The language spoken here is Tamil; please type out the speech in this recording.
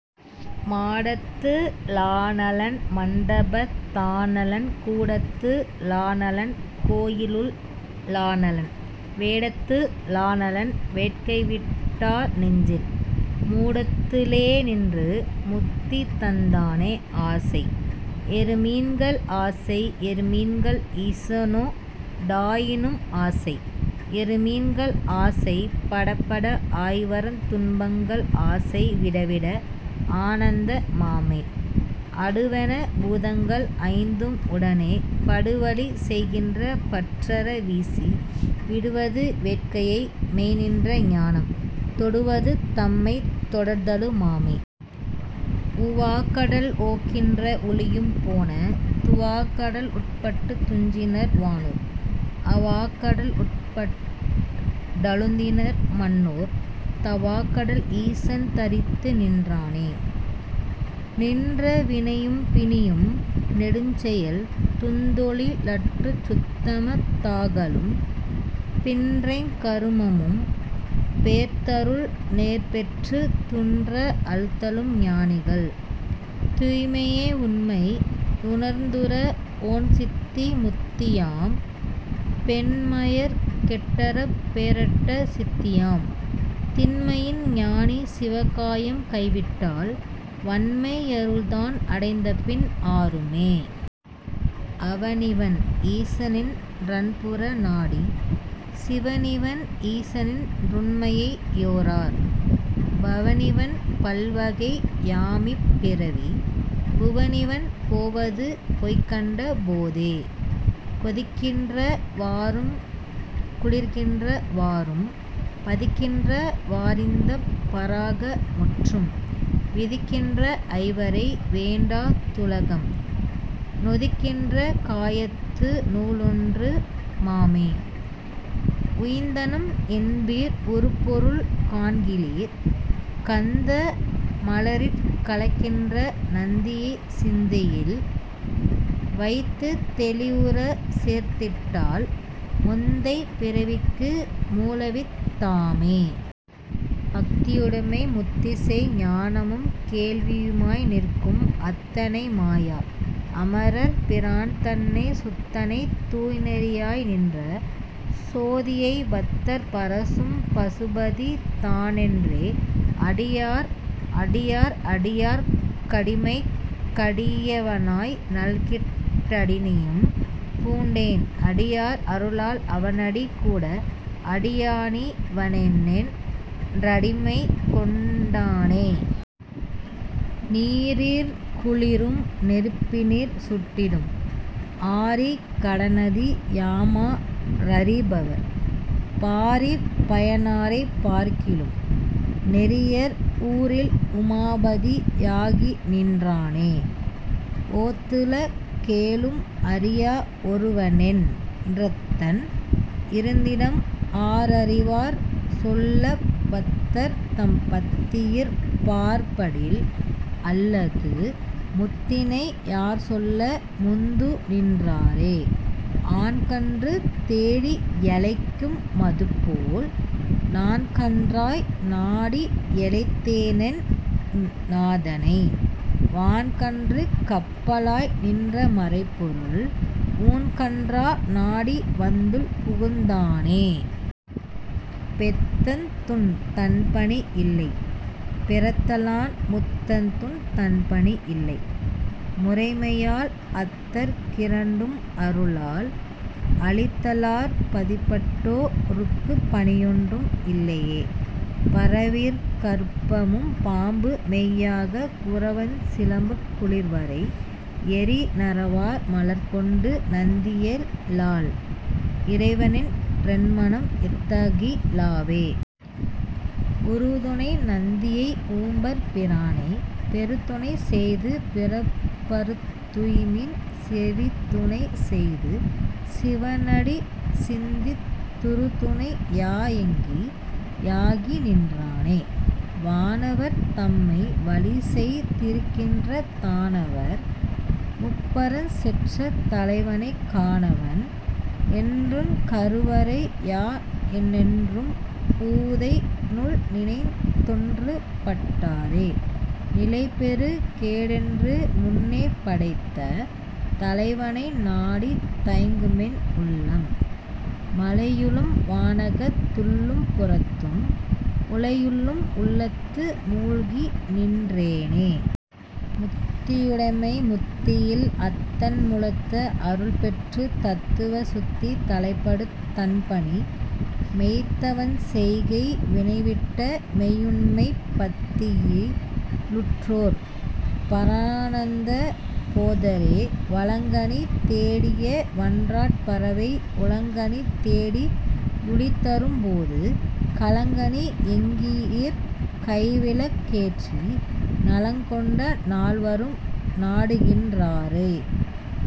மாடத்து ளானலன் மண்டபத் தானலன் கூடத்து ளானலன் கோயிலுள் ளானலன் வேடத்து ளானலன் வேட்கைவிட் டார்நெஞ்சில் மூடத்து ளேநின்று முத்திதந் தானே.. ஆசை யறுமின்கள் ஆசை யறுமின்கள் ஈசனோ டாயினும் ஆசை யறுமின்கள் ஆசை படப்பட ஆய்வருந் துன்பங்கள் ஆசை விடவிட ஆனந்த மாமே.. அடுவன பூதங்கள் ஐந்தும் உடனே படுவழி செய்கின்ற பற்றற வீசி விடுவது வேட்கையை மெய்ந்நின்ற ஞானம் தொடுவது தம்மைத் தொடர்தலு மாமே.. உவாக்கடல் ஒக்கின்ற வூழியும் போன துவாக்கட லுட்பட்டுத் துஞ்சினர் வானோர் அவாக்கட லுட்பட் டழுந்தினர் மண்ணோர் தவாக்கடல் ஈசன் தரித்து நின்றானே.. நின்ற வினையும் பிணியும் நெடுஞ்செயல் துந்தொழி லற்றுச் சுத்தம தாகலும் பின்றைங் கருமமும் பேர்த்தருள் நேர்பெற்றுத் துன்ற அழுத்தலும் ஞானிகள் தூய்மையே.. உண்மை யுணர்ந்துற ஒண்சித்தி முத்தியாம் பெண்மயற் கெட்டறப் பேறட்ட சித்தியாம் திண்மையின் ஞானி சிவகாயம் கைவிட்டால் வண்மை யருள்தான் அடைந்தபின் ஆறுமே.. அவனிவன் ஈசனென் றன்புற நாடிச் சிவனிவன் ஈசனென் றுண்மையை யோரார் பவனிவன் பல்வகை யாமிப் பிறவி புவனிவன் போவது பொய்கண்ட போதே.. கொதிக்கின்ற வாறுங் குளிர்கின்ற வாறும் பதிக்கின்ற வாறிந்தப் பாரக முற்றும் விதிக்கின்ற ஐவரை வேண்டா துலகம் நொதிக்கின்ற காயத்து நூலொன்று மாமே.. உய்ந்தனம் என்பீர் உறுபொருள் காண்கிலீர் கந்த மலரிற் கலக்கின்ற நந்தியைச் சிந்தையில் வைத்துத் தெளிவுறச் சேர்த்திட்டால் முந்தைப் பிறவிக்கு மூலவித் தாமே... பக்தியுடைமை முத்திசெய் ஞானமும் கேள்வியு மாய்நிற்கும் அத்தனை மாயா அமரர் பிரான்தனைச் சுத்தனை தூய்நெறி யாய்நின்ற சோதியைப் பத்தர் பரசும் பசுபதி தானென்றே.. அடியார் அடியார் அடியார்க் கடிமைக் கடியவனாய் நல்கிட் டடினையும் பூண்டேன் அடியார் அருளால் அவனடி கூட அடியா னிவனென் றடிமைகொண் டானே.. நீரிற் குளிரும் நெருப்பினிற் சுட்டிடும் ஆரிக் கடநதி யாமா ரறிபவர் பாரிற் பயனாரைப் பார்க்கிலும் நேரியர் ஊரில் உமாபதி யாகிநின் றானே.. ஒத்துல கேழும் அறியா ஒருவனென் ற்த்தன் இருந்திடம் ஆரறிவார்சொல்லப் பத்தர்தம் பத்தியிற் பாற்படில் அல்லது முத்தினை யார்சொல்ல முந்துநின் றாரே.. ஆன்கன்று தேடி யழைக்கு மதுபோல் நான்கன்றாய் நாடி யழைத்தேனென் நாதனை வான்கன்றுக் கப்பாலாய் நின்ற மறைப்பொருள் ஊன்கன்றா னாடிவந் துள்புகுந் தானே.. பெத்தத்துந் தன்பணி இல்லை பிறத்தலான் முத்தத்துந் தன்பணி இல்லை முறைமையால் அத்தற் கிரண்டும் அருளால் அளித்தலாற் பத்திப்பட் டோ ர்க்குப் பணியொன்றும் இல்லையே.. பறவையிற் கற்பமும் பாம்புமெய் யாகப் குறவஞ் சிலம்பக் குளிர்வரை யேறி நறவார் மலர்கொண்டு நந்தியை யல்லால் இறைவனென் றென்மனம் ஏத்தகி லாவே.. உறுதுணை நந்தியை உம்பர் பிரானை பெறுதுணை செய்து பிறப்பறுத் துய்மின் செறிதுணை செய்து சிவனடி சிந்தித் துறுதுணை யாயங்கி யாகிநின் றானே.. வானவர் தம்மை வலிசெய் திருக்கின்ற தானவர் முப்பரஞ் செற்ற தலைவனைக் கானவன் என்றுங் கருவரை யானென்றும் ஊனத னுள்நினைந் தொன்றுபட் டாரே.. நிலைபெறு கேடென்று முன்னே படைத்த தலைவனை நாடித் தயங்குமென் உள்ளம் மலையுளும் வானகத் துள்ளும் புறத்தும் உலையுளும் உள்ளத்து மூழ்கிநின் றேனே... முத்தியுடைமை முத்தியில் அத்தன் முழுத்த அருள்பெற்றுத் தத்துவ சுத்தி தலைப்படுத் தன்பணி மெய்த்தவஞ் செய்கை வினைவிட்ட மெய்யுண்மைப் பத்தியி லுற்றோர் பரானந்த போதரே.. வளங்கனி தேடிய வன்றாட் பறவை உளங்கனி தேடி யுழிதரும் போது களங்கனி யங்கியிற் கைவிளக் கேற்றி நலங் கொண்ட நால்வரும் நாடுகின்றாரே..